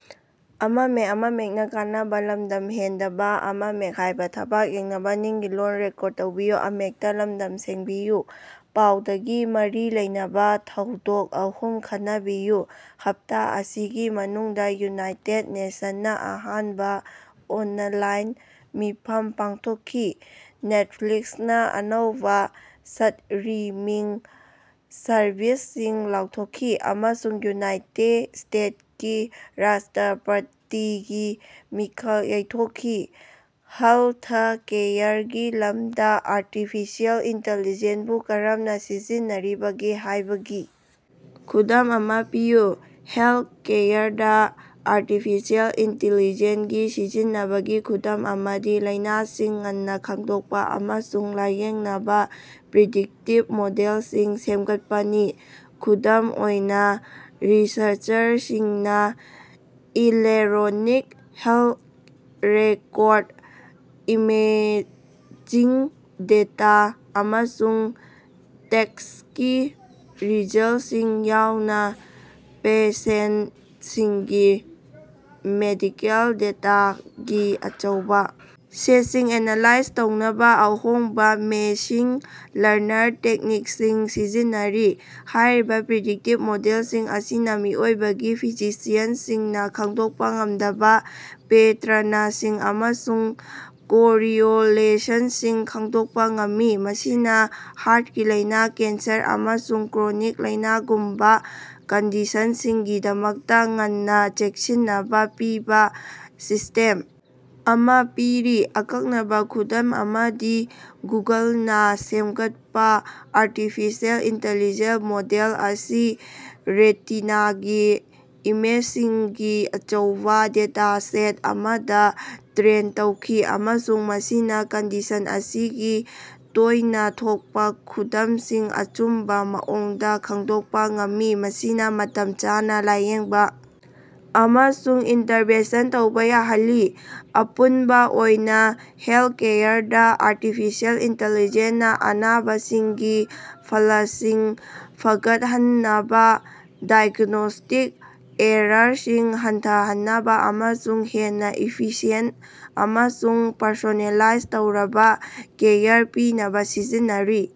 ꯄꯥꯎꯗꯒꯤ ꯃꯔꯤ ꯂꯩꯅꯕꯥ ꯊꯧꯗꯣꯛ ꯑꯍꯨꯝ ꯈꯟꯅꯕꯤꯌꯨ꯫ ꯍꯞꯇꯥ ꯑꯁꯤꯒꯤ ꯃꯅꯨꯡꯗꯥ ꯌꯨꯅꯥꯏꯇꯦꯗ ꯅꯦꯁꯟꯅꯥ ꯑꯍꯥꯟꯕꯥ ꯑꯣꯅꯂꯥꯏꯟ ꯃꯤꯐꯝ ꯄꯥꯡꯊꯣꯛꯈꯤ, ꯅꯦꯠꯐ꯭ꯂꯤꯛꯁꯅꯥ ꯑꯅꯧꯕꯥ ꯁ꯭ꯠꯔꯤꯃꯤꯡ ꯁꯔꯚꯤꯁꯁꯤꯡ ꯂꯥꯎꯊꯣꯛꯈꯤ, ꯑꯃꯁꯨꯡ ꯌꯨꯅꯥꯠꯇꯦ ꯁ꯭ꯇꯦꯛꯁꯀꯤ ꯔꯥꯁ꯭ꯇꯔꯄꯇꯤꯒꯤ ꯃꯤꯈꯜ ꯌꯩꯊꯣꯛꯈꯤ꯫ ꯍꯦꯜꯊꯀꯦꯌꯔꯒꯤ ꯂꯝꯗꯥ ꯑꯔꯇꯤꯐꯤꯁꯦꯜ ꯏꯟꯇꯦꯜꯂꯤꯖꯦꯟꯕꯨ ꯀꯔꯝꯅꯥ ꯁꯤꯖꯤꯟꯅꯔꯤꯕꯒꯦ ꯍꯥꯏꯕꯒꯤ ꯈꯨꯗꯝ ꯑꯃꯥ ꯄꯤꯌꯨ꯫ ꯍꯦꯜꯊꯀꯦꯌꯔꯗꯥ ꯑꯔꯇꯤꯐꯤꯁꯦꯜ ꯏꯟꯇꯦꯜꯂꯤꯖꯦꯟꯒꯤ ꯁꯤꯖꯤꯟꯅꯕꯒꯤ ꯈꯨꯗꯝ ꯑꯃꯗꯤ ꯂꯥꯏꯅꯥꯁꯤꯡ ꯉꯟꯅꯥ ꯈꯪꯗꯣꯛꯄꯥ ꯑꯃꯁꯨꯡ ꯂꯥꯌꯦꯡꯅꯕꯥ ꯄ꯭ꯔꯤꯗꯤꯛꯇꯤꯚ ꯃꯣꯗꯦꯜꯁꯤꯡ ꯁꯦꯝꯒꯠꯄꯅꯤ꯫ ꯈꯨꯗꯝ ꯑꯣꯏꯅꯥ, ꯔꯤꯁꯔꯆꯔꯁꯤꯡꯅꯥ electronic health record, imaging data, ꯑꯃꯁꯨꯡ ꯇꯦꯁ꯭ꯇꯀꯤ ꯔꯤꯖꯜꯇꯁꯤꯡ ꯌꯥꯎꯅꯥ ꯄꯦꯁꯦꯟꯇꯁꯤꯡꯒꯤ ꯃꯦꯗꯤꯀꯦꯜ ꯗꯦꯇꯥꯒꯤ ꯑꯆꯧꯕꯥ ꯁꯦꯠꯁꯤꯡ ꯑꯦꯅꯥꯂꯥꯏꯖ ꯇꯧꯅꯕꯥ ꯑꯍꯣꯡꯕꯥ ꯃꯦꯁꯤꯟ ꯂꯔꯅꯤꯡ ꯇꯦꯛꯅꯤꯛꯁꯤꯡ ꯁꯤꯖꯤꯟꯅꯔꯤ꯫ ꯍꯥꯏꯔꯤꯕꯥ ꯄ꯭ꯔꯤꯗꯤꯛꯇꯤꯚ ꯃꯣꯗꯦꯜꯁꯤꯡ ꯑꯁꯤꯅꯥ ꯃꯤꯑꯣꯏꯕꯒꯤ ꯐꯤꯖꯤꯁꯤꯌꯟꯁꯤꯡꯅꯥ ꯈꯪꯗꯣꯛꯄꯥ ꯉꯝꯗꯕꯥ ꯄꯦꯇꯔꯅꯁꯤꯡ ꯑꯃꯁꯨꯡ ꯀꯣꯔꯤꯑꯦꯂꯦꯁꯟꯁꯤꯡ ꯈꯪꯗꯣꯛꯄꯥ ꯉꯝꯃꯤ, ꯃꯁꯤꯅꯥ ꯍꯥꯔꯇꯀꯤ ꯂꯥꯏꯅꯥ, ꯀꯦꯟꯁꯔ, ꯑꯃꯁꯨꯡ ꯀ꯭ꯔꯣꯅꯤꯛ ꯂꯥꯏꯅꯥꯒꯨꯝꯕ ꯀꯟꯗꯤꯁꯟꯁꯤꯡꯒꯤꯗꯃꯛꯇꯥ ꯉꯟꯅꯥ ꯆꯦꯛꯁꯤꯟꯅꯕ ꯄꯤꯕꯥ ꯁꯤꯁ꯭ꯇꯦꯝ ꯑꯃꯥ ꯄꯤꯔꯤ꯫ ꯑꯀꯛꯅꯕꯥ ꯈꯨꯗꯝ ꯑꯃꯗꯤ ꯒꯨꯒꯜꯅꯥ ꯁꯦꯝꯒꯠꯄꯥ ꯑꯔꯇꯤꯐꯤꯁꯦꯜ ꯏꯟꯇꯦꯜꯂꯤꯖꯦꯟ ꯃꯣꯗꯦꯜ ꯑꯁꯤ ꯔꯦꯇꯤꯅꯥꯒꯤ ꯏꯃꯦꯖꯁꯤꯡꯒꯤ ꯑꯆꯧꯕꯥ ꯗꯦꯇꯥꯁꯦꯠ ꯑꯃꯗꯥ ꯇ꯭ꯔꯦꯟ ꯇꯧꯈꯤ ꯑꯃꯁꯨꯡ ꯃꯁꯤꯅꯥ ꯀꯟꯗꯤꯁꯟ ꯑꯁꯤꯒꯤ ꯇꯣꯏꯅꯥ ꯊꯣꯛꯄꯥ ꯈꯨꯗꯝꯁꯤꯡ ꯑꯆꯨꯝꯕꯥ ꯃꯑꯣꯡꯗꯥ ꯈꯪꯗꯣꯛꯄꯥ ꯉꯝꯃꯤ, ꯃꯁꯤꯅꯥ ꯃꯇꯝ ꯆꯥꯅꯥ ꯂꯥꯌꯦꯡꯕꯥ ꯑꯃꯁꯨꯡ ꯏꯟꯇꯔꯚꯦꯟꯁꯟ ꯇꯧꯕ ꯌꯥꯍꯜꯂꯤ꯫ ꯑꯄꯨꯟꯕꯥ ꯑꯣꯏꯅꯥ, ꯍꯦꯜꯊꯀꯦꯌꯔꯗꯥ ꯑꯔꯇꯤꯐꯤꯁꯦꯜ ꯏꯟꯇꯦꯜꯂꯤꯖꯦꯟꯅꯥ ꯑꯅꯥꯕꯁꯤꯡꯒꯤ ꯐꯂꯁꯤꯡ ꯐꯒꯠꯍꯟꯅꯕꯥ, ꯗꯥꯏꯒ꯭ꯅꯣꯁ꯭ꯇꯤꯛ ꯑꯦꯔꯥꯔꯁꯤꯡ ꯍꯟꯊꯍꯟꯅꯕꯥ ꯑꯃꯁꯨꯡ ꯍꯦꯟꯅꯥ ꯏꯐꯤꯁꯤꯌꯦꯟꯇ ꯑꯃꯁꯨꯡ ꯄꯔꯁꯣꯅꯦꯂꯥꯏꯖ ꯇꯧꯔꯕꯥ ꯀꯦꯌꯔ ꯄꯤꯅꯕꯥ ꯁꯤꯖꯤꯟꯅꯔꯤ꯫